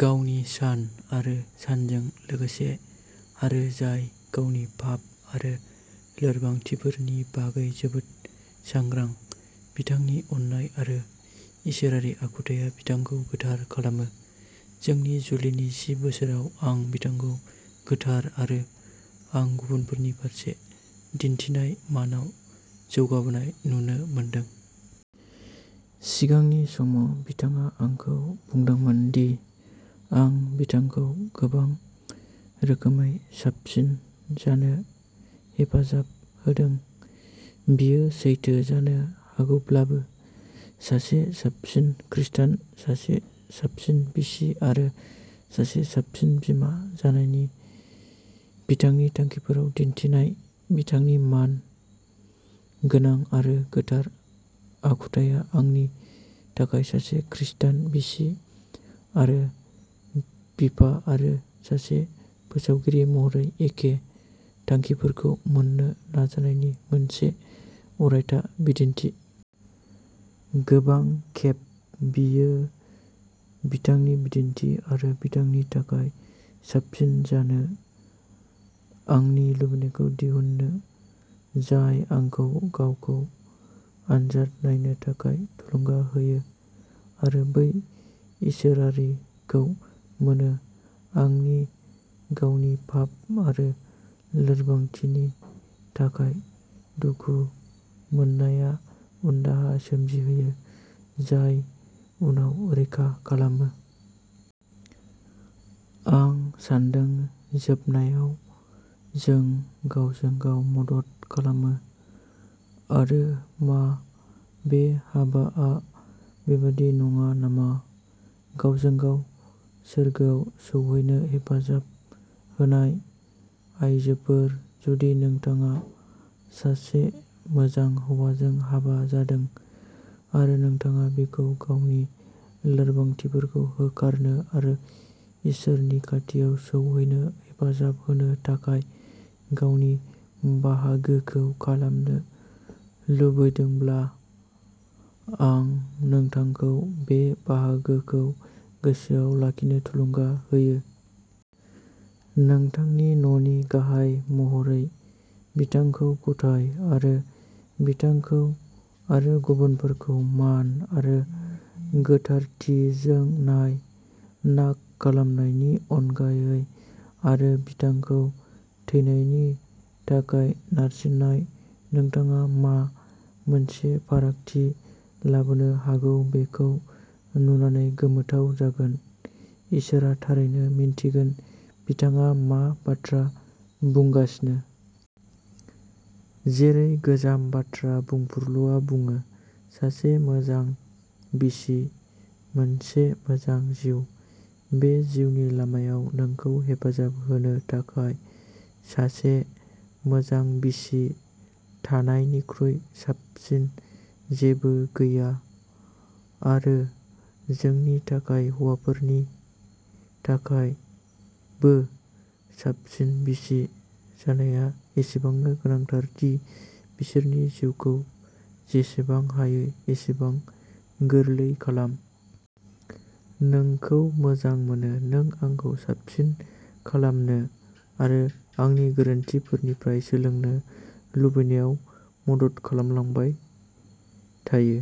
गावनि सान आरो सानजों लोगोसे आरो जाय गावनि पाप आरो लोरबांथिफोरनि बागै जोबोद सांग्रां। बिथांनि अननाय आरो इसोरारि आखुथाइया बिथांखौ गोथार खालामो। जोंनि जुलिनि जि बोसोराव, आं बिथांखौ गोथार आरो आं गुबुनफोरनि फारसे दिन्थिनाय मानाव जौगाबोनाय नुनो मोनदों। सिगांनि समाव बिथाङा आंखौ बुंदोंमोन दि आं बिथांखौ गोबां रोखोमै साबसिन जानो हेफाजाब होदों। बेयो सैथो जानो हागौब्लाबो, सासे साबसिन खृस्टान, सासे साबसिन बिसि आरो सासे साबसिन बिमा जानायनि बिथांनि थांखिफोराव दिन्थिनाय बिथांनि मान गोनां आरो गोथार आखुथाया आंनि थाखाय सासे खृस्टान बिसि आरो बिफा आरो सासे फोसावगिरि महरै एखे थांखिफोरखौ मोन्नो नाजानायनि मोनसे अरायथा बिदिन्थि। गोबां खेब बेयो बिथांनि बिदिन्थि आरो बिथांनि थाखाय साबसिन जानो आंनि लुबैनायखौ दिहुनो जाय आंखौ गावखौ आनजाद नायनो थाखाय थुलुंगा होयो आरो बै इसोरारिखौ मोनो। आंनि गावनि पाप आरो लोरबांथिनि थाखाय दुखु मोननाया उनदाहा सोमजिहोयो, जाय उनाव रैखा खालामो। आं सान्दों जोबनायाव जों गावजों गाव मदद खालामो आरो मा बे हाबाआ बेबादि नङा नामा? गावजों गाव सोरगोआव सौहैनो हेफाजाब होनाय? आयजोफोर, जुदि नोंथाङा सासे मोजां हौवाजों हाबा जादों आरो नोंथाङा बिखौ गावनि लोरबांथिफोरखौ होखारनो आरो इसोरनि खाथियाव सौहैनो हेफाजाब होनो थाखाय गावनि बाहागोखौ खालामनो लुबैदोंब्ला, आं नोंथांखौ बे बाहागोखौ गोसोआव लाखिनो थुलुंगा होयो। नोंथांनि न'नि गाहाय महरै बिथांखौ गथाय आरो बिथांखौ आरो गुबुनफोरखौ मान आरो गोथारथिजों नाय, नाग खालामनायनि अनगायै आरो बिथांखौ थैनायनि थाखाय नारसिन्नाय। नोंथाङा मा मोनसे फारागथि लाबोनो हागौ बेखौ नुनानै गोमोथाव जागोन! इसोरआ थारैनो मिन्थिगोन बिथाङा मा बाथ्रा बुंगासिनो! जेरै गोजाम बाथ्रा बुंफुरलुआ बुङो "सासे मोजां बिसि मोनसे मोजां जिउ।" बे जिउनि लामायाव नोंखौ हेफाजाब होनो थाखाय सासे मोजां बिसि थानायनिख्रुइ साबसिन जेबो गैया आरो जोंनि थाखाय हौवाफोरनि थाखायबो साबसिन बिसि जानाया एसेबांनो गोनांथार दि बिसोरनि जिउखौ जेसेबां हायो एसेबां गोरलै खालाम। नोंखौ मोजां मोनो! नों आंखौ साबसिन खालामनो आरो आंनि गोरोन्थिफोरनिफ्राय सोलोंनो लुबैनायाव मदद खालामलांबाय थायो।